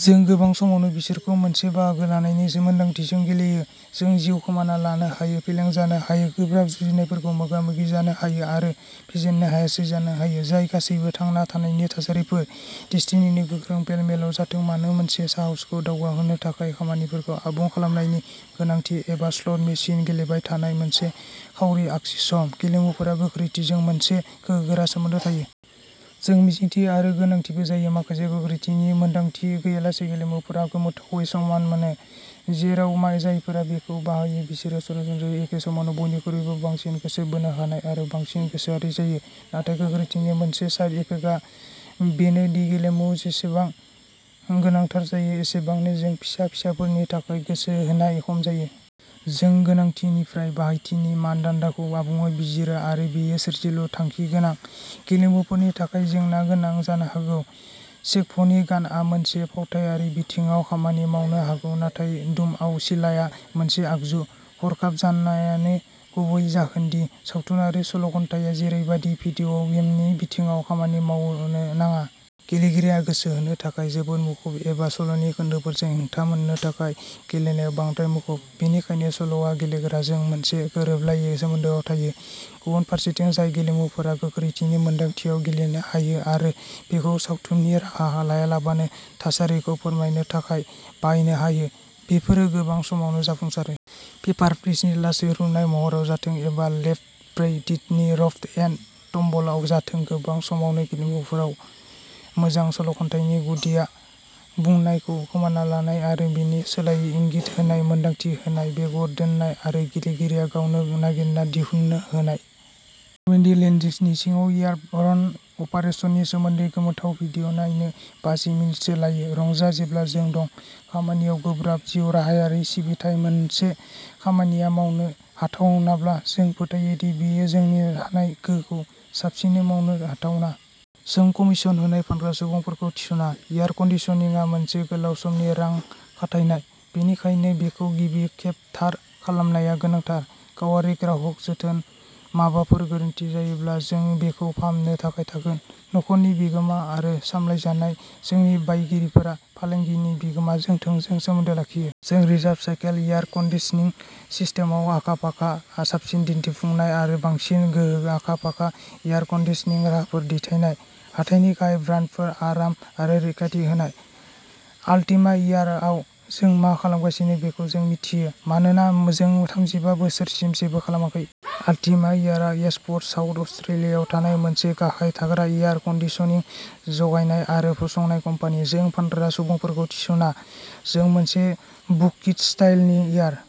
जों गोबां समावनो बिसोरखौ मोनसे बाहागो लानायनि मोन्दांथिजों गेलेयो। जों जिउ खोमाना लानो हायो, फेलें जानो हायो, गोब्राब जुजिनायफोरखौ मोगा-मोगि जानो हायो आरो फेजेननो हायासै जानो हायो, जाय गासैबो थांना थानायनि थासारिफोर। डेस्टिनिनि गोख्रों पेल मेलाव जाथों मानो मोनसे साहसखौ दावगाहोनो थाखाय खामानिफोरखौ आबुं खालामनायनि गोनांथि एबा स्लट मेसिन गेलेबाय थानाय मोनसे खाउरि आगसि सम, गेलेमुफोरा गोख्रैथिजों मोनसे गोहोगोरा सोमोन्दो थायो। जों मिजिंथियो आरो गोनांथिबो जायो। माखासे गोख्रैथिनि मोनदांथि गैयालासे गेलेमुफोरा गोमोथावै समान मोनो, जेराव जायफोरा बेखौ बाहायो बिसोरो सरासनस्रायै एखे समावनो बयनिख्रुइबो बांसिन गोसो बोनो हानाय आरो बांसिन गोसोआरि जायो। नाथाय गोख्रैथिनि मोनसे साइड इफेक्टआ बेनो दि गेलेमुआ जेसेबां गोनांथार जायो एसेबांनो जों फिसा-फिसाफोरनि थाखाय गोसो होनाय खम जायो। जों गोनांथिनिफ्राय बाहायथिनि मानदान्दाखौ आबुङै बिजिरो आरो बेयो सोरजिलु थांखि गोनां गेलेमुफोरनि थाखाय जेंनागोनां जानो हागौ। चेखभनि गानआ मोनसे फावथायारि बिथिङाव खामानि मावनो हागौ नाथाय डुमआव सिलाइआ मोनसे आगजु। हरखाब जानायानो गुबै जाहोन दि सावथुनारि सल'खन्थाया जेरैबादि भिदिय'गेमनि बिथिङाव खामानि मावनो नाङा। गेलेगिरिया गोसो होनो थाखाय जोबोद मुखुब एबा सल'नि खोन्दोफोरजों हेंथा मोननो थाखाय गेलेनायाव बांद्राय मुखुब। बेनिखायनो सल'आ गेलेग्राजों मोनसे गोरोबलायै सोमोन्दोआव थायो। गुबुन फारसेथिं जाय गेलेमुफोरा गोख्रैथिनि मोनदांथियाव गेलेनो हायो आरो बेखौ सावथुननि राहा लायालाबानो थासारिखौ फोरमायनो थाखाय बाहायनो हायो, बेफोरो गोबां समावनो जाफुंसारो। पेपार प्लिसनि लासै रुनाय महराव जाथों एबा लेफ्ट ब्रै डेडनि र'फ एन्ड टम्बलआव जाथों गोबां समावनो गेलेमुफोराव मोजां सल'खन्थानायनि गुदिआ "बुंनाय" खौ खोमाना लानाय आरो बेनि सोलायै इंगित होनाय, मोनदांथि होनाय, बेगर दोननाय आरो गेलेगिरिया गावनो नागिरना दिहुननो होनाय। नर्मेन्डी लेन्डिंसनि सिङाव एयारब'र्न अपारेसननि सोमोन्दै गोमोथाव भिदिय' नायनो बाजि मिनिटसो लायो। रंजा, जेब्ला जों दं। खामानियाव गोब्राब जिउराहायारि सिबिथाइ मोनसे खामानिया मावनो हाथावनाब्ला जों फोथायो दि बेयो जोंनि हानाय गोहोखौ साबसिनै मावनो हाथावना। जों कमिसन होनाय फानग्रा सुबुंफोरखौ थिसना, एयार कन्दिसनिंआ मोनसे गोलाव समनि रां खाथायनाय, बेनिखायनो बेखौ गिबि खेब थार खालामनाया गोनांथार। गावारि ग्राहक जोथोन माबाफोर गोरोन्थि जायोब्ला जों बेखौ फाहामनो थाखाय थागोन। न'खरनि बिगोमा आरो सामलायजानाय जोंनि बायगिरिफोरा फालांगिनि बिगोमाजों थोंजों सोमोन्दो लाखियो। जों रिभार्स साइकेल एयार कन्दिसनिं सिस्टेमआव आखा-फाखा साबसिन दिन्थिफुंनाय आरो बांसिन गोहो आखा-फाखा एयार कन्दिसनिं राहाफोर दैथायनाय। हाथाइनि गाहाय ब्रान्डफोर आराम आरो रैखाथि होनाय। आल्टिमा एयारआव जों मा खालामगासिनो बेखौ जों मिथियो। मानोना जों थामजिबा बोसोरसिम जेबो खालामाखै। आल्टिमा एयारआ एशफर्ड साउथ अस्ट्रेलियायाव थानाय मोनसे गाहाय थाग्रा एयार कन्दिसनिं जगायनाय आरो फसंनाय कम्पानि। जों फानग्रा सुबुंफोरखौ थिसना। जों मोनसे बुकिट स्टाइलनि इयार।